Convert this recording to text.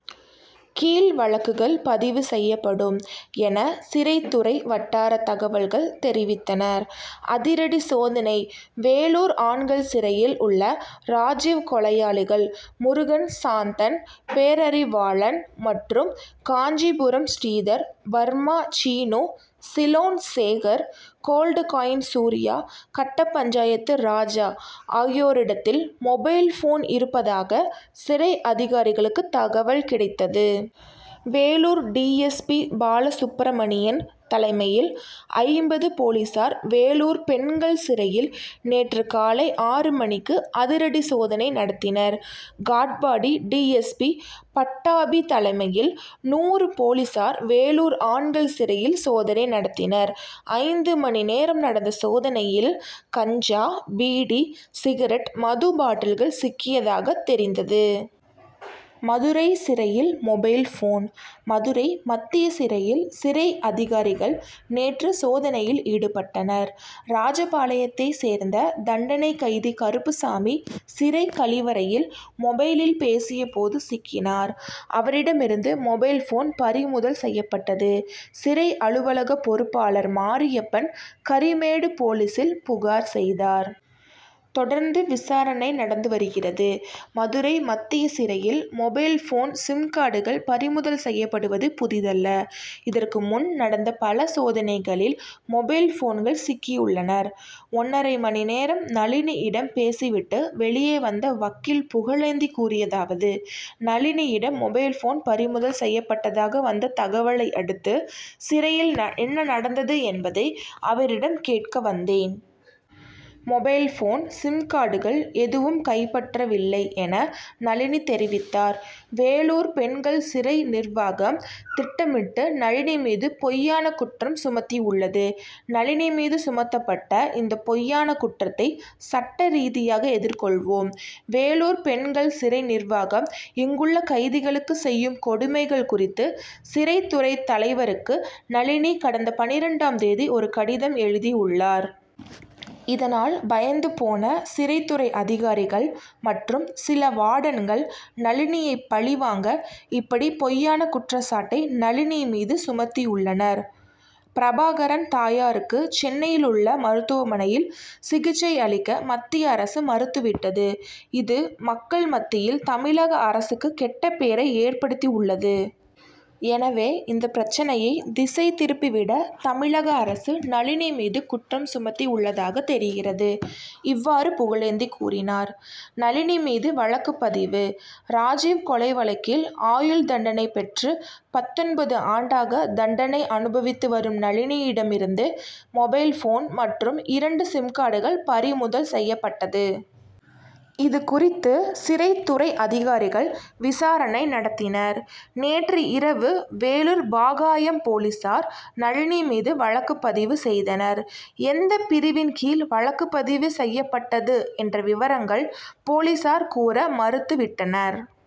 கீழ் வழக்குகள் பதிவு செய்யப்படும் என சிறைத்துறை வட்டார தகவல்கள் தெரிவித்தன. அதிரடி சோதனை வேலூர் ஆண்கள் சிறையில் உள்ள ராஜிவ் கொலையாளிகள் முருகன் சாந்தன் பேரறிவாளன் மற்றும் Kanchipuram Sridhar, Burma Seenu, Ceylon Sekar, gold coin Surya, கட்டபஞ்சாயத்து ராஜா ஆகியோரிடத்தில் மொபைல் போன் இருப்பதாக சிறை அதிகாரிகளுக்கு தகவல் கிடைத்தது. வேலூர் டி. எஸ். பி.பாலசுப்பிரமணியன் தலைமையில் ஐம்பது போலீசார் வேலூர் பெண்கள் சிறையில் நேற்று காலை ஆறு மணிக்கு அதிரடி சோதனை நடத்தினர். காட்பாடி டி. எஸ். பி.பட்டாபி தலைமையில் நூறு போலீசார் வேலூர் ஆண்கள் சிறையில் சோதனை நடத்தினர். ஐந்து மணி நேரம் நடந்த சோதனையில் கஞ்சா, பீடி, சிகரெட், மது பாட்டில்கள் சிக்கியதாக தெரிந்தது. மதுரை சிறையில் மொபைல் போன் மதுரை மத்திய சிறையில் சிறை அதிகாரிகள் நேற்று சோதனையில் ஈடுபட்டனர். ராஜபாளையத்தைச் சேர்ந்த தண்டனைக் கைதி கருப்புசாமி சிறை கழிவறையில் மொபைலில் பேசிய போது சிக்கினார். அவரிடம் இருந்த மொபைல் போன் பறிமுதல் செய்யப்பட்டது. சிறை அலுவலக பொறுப்பாளர் மாரியப்பன் கரிமேடு போலீசில் புகார் செய்தார். தொடர்ந்து விசாரணை நடந்து வருகிறது. மதுரை மத்திய சிறையில் மொபைல் போன் சிம்கார்டுகள் பறிமுதல் செய்யப்படுவது புதிதல்ல. இதற்கு முன் நடந்த பல சோதனைகளில் மொபைல் போன்கள் சிக்கியுள்ளன. ஒன்னரை மணி நேரம் நளினியிடம் பேசி விட்டு வெளியே வந்த வக்கீல் புகழேந்தி கூறியதாவது:நளினியிடம் மொபைல் போன் பறிமுதல் செய்ததாக வந்த தகவல்களையடுத்து சிறையில் ந என்ன நடந்தது என்பதை அவரிடம் கேட்க வந்தேன். மொபைல் போன் சிம் கார்டுகள் எதுவும் கைப்பற்றவில்லை என நளினி தெரிவித்தார். வேலூர் பெண்கள் சிறை நிர்வாகம் திட்டமிட்டு நளினி மீது பொய்யான குற்றம் சுமத்தியுள்ளது. நளினி மீது சுமத்தப்பட்ட இந்த பொய்யான குற்றத்தை சட்டரீதியாக எதிர் கொள்வோம். வேலூர் பெண்கள் சிறை நிர்வாகம் இங்குள்ள கைதிகளுக்கு செய்யும் கொடுமைகள் குறித்து சிறைத்துறை தலைவருக்கு நளினி கடந்த பன்னிரண்டாம் தேதி ஒரு கடிதம் எழுதி உள்ளார். இதனால் பயந்து போன சிறைத்துறை அதிகாரிகள் மற்றும் சில வார்டன்கள் நளினியை பழி வாங்க இப்படி பொய்யான குற்றச்சாட்டை நளினி மீது சுமத்தியுள்ளனர். பிரபாகரன் தாயாருக்கு சென்னையில் உள்ள மருத்துவமனையில் சிகிச்சை அளிக்க மத்திய அரசு மறுத்து விட்டது. இது மக்கள் மத்தியில் தமிழக அரசுக்கு கெட்ட பெயரை ஏற்படுத்தியுள்ளது. எனவே இந்த பிரச்னையை திசை திருப்பி விட தமிழக அரசு நளினி மீது குற்றம் சுமத்தியுள்ளதாக தெரிகிறது. இவ்வாறு புகழேந்தி கூறினார். நளினி மீது வழக்கு பதிவு ராஜிவ் கொலை வழக்கில் ஆயுள் தண்டனை பெற்று பத்தொன்பது ஆண்டாக தண்டனை அனுபவித்து வரும் நளினியிடம் இருந்து மொபைல் ஃபோன் மற்றும் இரண்டு சிம்கார்டுகள் பறிமுதல் செய்யப்பட்டன. இது குறித்து சிறைத்துறை அதிகாரிகள் விசாரணை நடத்தினர். நேற்று இரவு வேலூர் பாகாயம் போலீஸார் நளினி மீது வழக்கு பதிவு செய்தனர். எந்த பிரிவின் கீழ் வழக்கு பதிவு செய்யப்பட்டது என்ற விவரங்கள் போலீஸார் கூற மறுத்துவிட்டனர்.